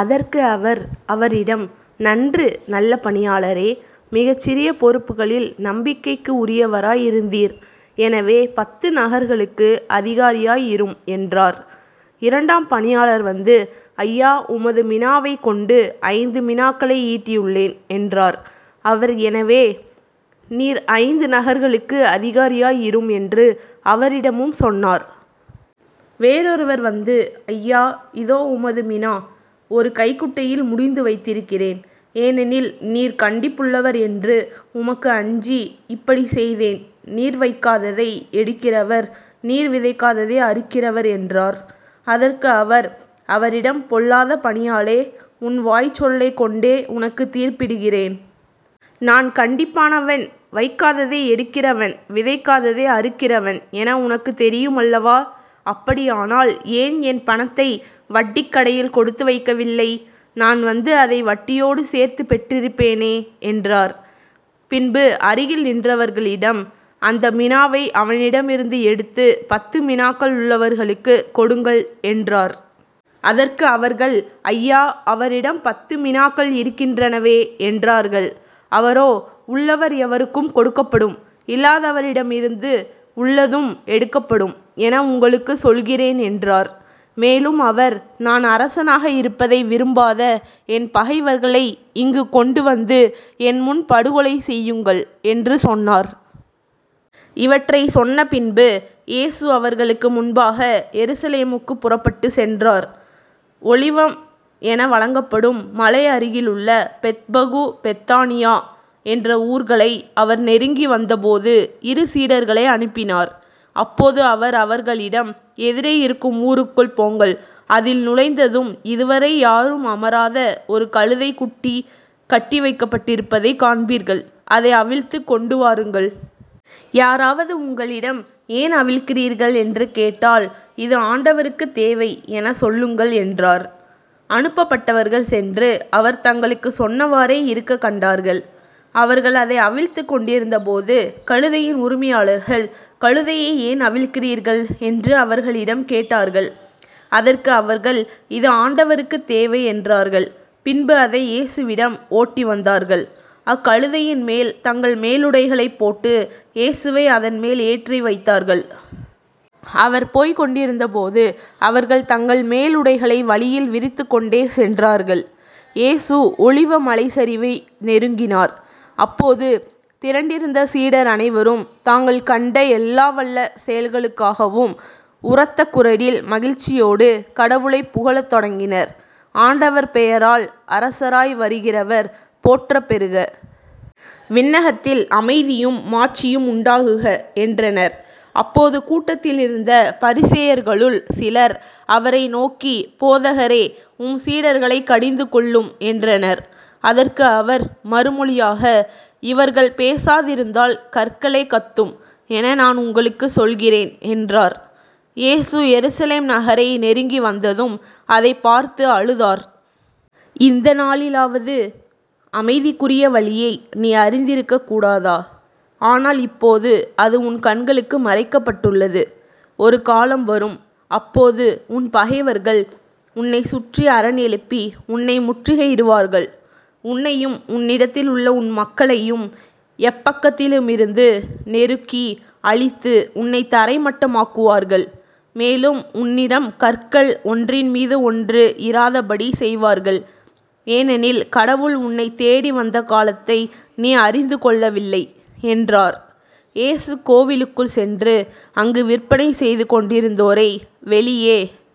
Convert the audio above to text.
அதற்கு அவர் அவரிடம் நன்று நல்ல பணியாளரே மிகச் சிறிய பொறுப்புகளில் நம்பிக்கைக்கு உரியவராய் இருந்தீர். எனவே பத்து நகர்களுக்கு அதிகாரியாய் இரும் என்றார். இரண்டாம் பணியாளர் வந்து ஐயா உமது மினாவைக் கொண்டு ஐந்து மினாக்களை ஈட்டியுள்ளேன் என்றார். அவர் எனவே நீர் ஐந்து நகர்களுக்கு அதிகாரியாய் இரும் என்று அவரிடமும் சொன்னார். வேறொருவர் வந்து ஐயா இதோ உமது மினா ஒரு கைக்குட்டையில் முடிந்து வைத்திருக்கிறேன். ஏனெனில் நீர் கண்டிப்புள்ளவர் என்று உமக்கு அஞ்சி இப்படிச் செய்தேன் நீர் வைக்காததை எடுக்கிறவர் நீர் விதைக்காததை அறுக்கிறவர் என்றார். அதற்கு அவர் அவரிடம் பொல்லாத பணியாளே உன் வாய்ச் சொல்லைக் கொண்டே உனக்குத் தீர்ப்பிடுகிறேன். நான் கண்டிப்பானவன் வைக்காததை எடுக்கிறவன் விதைக்காததை அறுக்கிறவன் என உனக்குத் தெரியுமல்லவா? அப்படியானால் ஏன் என் பணத்தை வட்டிக் கடையில் கொடுத்து வைக்கவில்லை? நான் வந்து அதை வட்டியோடு சேர்த்துப் பெற்றிருப்பேனே என்றார். பின்பு அருகில் நின்றவர்களிடம் அந்த மினாவை அவனிடமிருந்து எடுத்து பத்து மினாக்கள் உள்ளவருக்குக் கொடுங்கள் என்றார். அதற்கு அவர்கள் ஐயா அவரிடம் பத்து மினாக்கள் இருக்கின்றனவே என்றார்கள். அவரோ உள்ளவர் எவருக்கும் கொடுக்கப்படும். இல்லாதாரிடமிருந்து உள்ளதும் எடுக்கப்படும் என உங்களுக்குச் சொல்கிறேன் என்றார். மேலும் அவர் நான் அரசனாக இருப்பதை விரும்பாத என் பகைவர்களை இங்குக்கொண்டு வந்து என்முன் படுகொலை செய்யுங்கள் என்று சொன்னார். இவற்றைச் சொன்னபின்பு இயேசு அவர்களுக்கு முன்பாக எருசலேமுக்குப் புறப்பட்டுச் சென்றார். ஒலிவம் என வழங்கப்படும் மலை அருகிலுள்ள பெத்பகு பெத்தானியா என்ற ஊர்களை அவர் நெருங்கி வந்தபோது இரு சீடர்களை அனுப்பினார். அப்போது அவர் அவர்களிடம் எதிரே இருக்கும் ஊருக்குள் போங்கள் அதில் நுழைந்ததும் இதுவரை யாரும் அமராத ஒரு கழுதைக் குட்டி கட்டி வைக்கப்பட்டிருப்பதைக் காண்பீர்கள் அதை அவிழ்த்துக் கொண்டு வாருங்கள். யாராவது உங்களிடம் ஏன் அவிழ்க்கிறீர்கள்? என்று கேட்டால் இது ஆண்டவருக்குத் தேவை எனச் சொல்லுங்கள் என்றார். அனுப்பப்பட்டவர்கள் சென்று அவர் தங்களுக்குச் சொன்னவாறே இருக்கக் கண்டார்கள். அவர்கள் அதை அவிழ்த்துக் கொண்டிருந்தபோது கழுதையின் உரிமையாளர்கள் கழுதையை ஏன் அவிழ்க்கிறீர்கள்? என்று அவர்களிடம் கேட்டார்கள். அதற்கு அவர்கள் இது ஆண்டவருக்குத் தேவை என்றார்கள் பின்பு அதை இயேசுவிடம் ஓட்டி வந்தார்கள் அக்கழுதையின்மேல் தங்கள் மேலுடைகளைப் போட்டு இயேசுவை அதன்மேல் ஏற்றி வைத்தார்கள். அவர் போய்க் கொண்டிருந்தபோது அவர்கள் தங்கள் மேலுடைகளை வழியில் விரித்துக் கொண்டே சென்றார்கள். இயேசு ஒலிவ மலைச்சரிவை நெருங்கினார். அப்போது திரண்டிருந்த சீடர் அனைவரும் தாங்கள் கண்ட எல்லா வல்ல செயல்களுக்காகவும் உரத்தக் குரலில் மகிழ்ச்சியோடு கடவுளைப் புகழத் தொடங்கினர் ஆண்டவர் பெயரால் அரசராய் வருகிறவர் போற்றப் பெறுக. விண்ணகத்தில் அமைதியும் மாட்சியும் உண்டாகுக என்றனர். அப்போது கூட்டத்தில் இருந்த பரிசேயர்களுள் சிலர் அவரை நோக்கி போதகரே உம் சீடர்களைக் கடிந்து கொள்ளும் என்றனர். அதற்கு அவர் மறுமொழியாக இவர்கள் பேசாதிருந்தால் கற்களே கத்தும் என நான் உங்களுக்குச் சொல்கிறேன் என்றார். இயேசு எருசலேம் நகரை நெருங்கி வந்ததும் அதைப் பார்த்து அழுதார். இந்த நாளிலாவது அமைதிக்குரிய வழியை நீ அறிந்திருக்கக்கூடாதா? ஆனால் இப்போது அது உன் கண்களுக்கு மறைக்கப்பட்டுள்ளது. ஒரு காலம் வரும். அப்போது உன் பகைவர்கள் உன்னைச் சுற்றி அரண் எழுப்பி உன்னை முற்றுகையிடுவார்கள் உன்னையும் உன்னிடத்திலுள்ள உன் மக்களையும் எப்பக்கத்திலுமிருந்து நெருக்கி அழித்து உன்னைத் தரை மட்டமாக்குவார்கள் மேலும் உன்னிடம் கற்கள் ஒன்றின்மீது ஒன்று இராதபடி செய்வார்கள் ஏனெனில் கடவுள் உன்னைத் தேடி வந்த காலத்தை நீ அறிந்து கொள்ளவில்லை என்றார். இயேசு கோவிலுக்குள் சென்று அங்கு விற்பனை செய்து கொண்டிருந்தோரை வெளியே